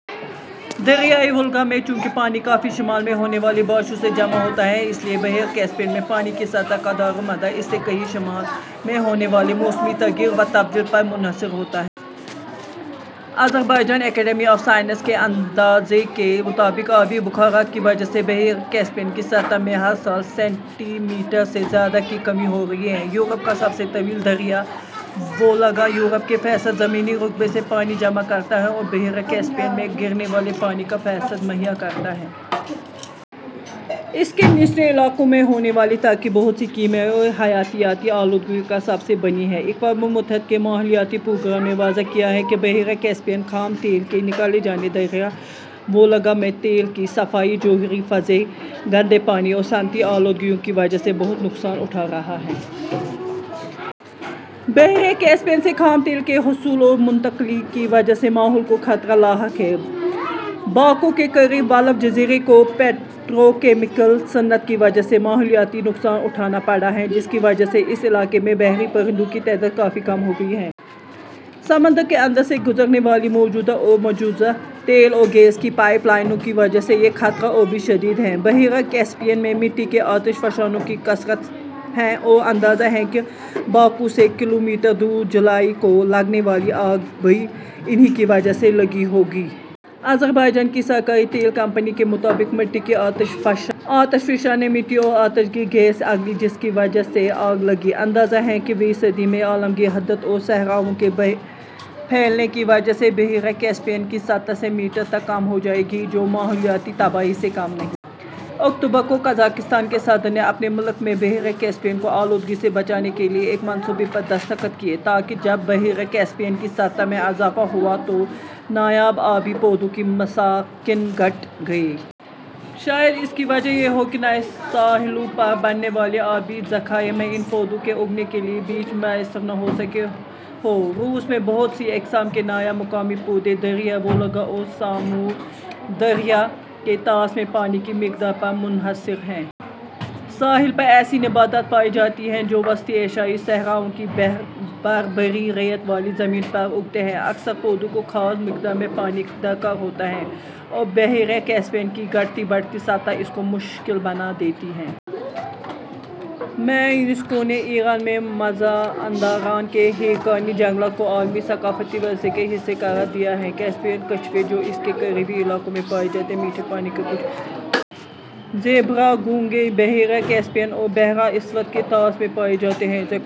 دریائے وولگا میں چونکہ پانی کافی شمال میں ہونے والی بارشوں سے جمع ہوتا ہے، اس لیے بحیرہ کیسپیئن میں پانی کی سطح کا دارومدار اس سے کہیں شمال میں ہونے والے موسمی تغیر و تبدل پر منحصر ہوتا ہے۔ آذربائیجان اکیڈمی آف سائنس کے اندازے کے مطابق آبی بخارات کی وجہ سے بحیرہ کیپسیئن کی سطح میں ہر سال سینٹی میٹر سے زیادہ کی کمی ہو رہی ہے۔ یورپ کا سب سے طویل دریا وولگا یورپ کے فیصد زمینی رقبے سے پانی جمع کرتا ہے اور بحیرہ کیسپیئن میں گرنے والے پانی کا فیصد مہیا کرتا ہے۔ اس کے نچلے علاقوں میں ہونے والی ترقی بہت سی کیمیائی اور حیاتیاتی آلودگیوں کا سبب بنی ہے۔ اقوامِ متحدہ کے ماحولیاتی پروگرام نے واضح کیا ہے کہ "بحیرہ کیسپیئن خام تیل کے نکالے جانے، دریائے وولگا میں تیل کی صفائی، جوہری فضلے، گندے پانی اور صنعتی آلودگیوں کی وجہ سے بہت نقصان اٹھا رہا ہے"۔ بحیرہ کیسپیئن سے خام تیل کے حصول اور منتقلی کی وجہ سے ماحول کو خطرہ لاحق ہے۔ باکو کے قریب ولف جزیرے کو پیٹروکیمیکل صنعت کی وجہ سے ماحولیاتی نقصان اٹھانا پڑا ہے جس کی وجہ سے اس علاقے میں بحری پرندوں کی تعداد کافی کم ہو گئی ہے۔ سمندر کے اندر سے گزرنے والی موجودہ اور مجوزہ تیل اور گیس کی پائپ لائنوں کی وجہ سے یہ خطرہ اور بھی شدید ہے۔ بحیرہ کیسپیئن میں مٹی کے آتش فشانوں کی کثرت ہے اور اندازہ ہے کہ باکو سے کلومیٹر دور جولائی کو لگنے والی آگ بھی انہی کی وجہ سے لگی ہوگی۔ آذربائیجان کی سرکاری تیل کمپنی کے مطابق مٹی کے آتش فشاں نے مٹی اور آتشگیر گیس اگلی جس کی وجہ سے آگ لگی۔ اندازہ ہے کہ ویں صدی میں عالمگیر حدت اور صحراؤں کے پھیلنے کی وجہ سے بحیرہ کیسپیئن کی سطح سے میٹر تک کم ہو جائے گی جو ماحولیاتی تباہی سے کم نہیں۔ اکتوبر کو قزاقستان کے صدر نے اپنے ملک میں بحیرہ کیسپیئن کو آلودگی سے بچانے کے لیے ایک منصوبے پر دستخط کیے۔ تا کو جب بحیرہ کیسپیئن کی سطح میں اضافہ ہوا تو نایاب آبی پودوں کے مساکن گھٹ گئے۔ شاید اس کی وجہ یہ ہو کہ نئے ساحلوں پر بننے والے آبی ذخائر میں ان پودوں کے اگنے کے لیے بیج میسر نہ ہو سکے ہوں۔ روس میں بہت سی اقسام کے نایاب مقامی پودے دریائے وولگا اور سامور دریا کے طاس میں پانی کی مقدار پر منحصر ہیں۔ ساحل پر ایسی نباتات پائی جاتی ہیں جو وسطی ایشیائی صحراؤں کی بھربھری ریت والی زمین پر اگتے ہیں۔ اکثر پودوں کو خاص مقدار میں پانی درکار ہوتا ہے اور بحیرہ کیسپیئن کی گھٹتی بڑھتی سطح اس کو مشکل بنا دیتی ہے۔ میں یونیسکو نے ایران میں مزاندران کے ہیرکانی جنگلات کو عالمی ثقافتی ورثے کا حصہ قرار دیا ہے۔ کیسپیئن کچھوے جو اس کے قریبی علاقوں میں پائے جاتے ہیں، میٹھے پانی کے کچھوے ہیں۔ زیبرا گھونگھے بحیرہ کیپسیئن اور بحر اسود کے طاس میں پائے جاتے ہیں۔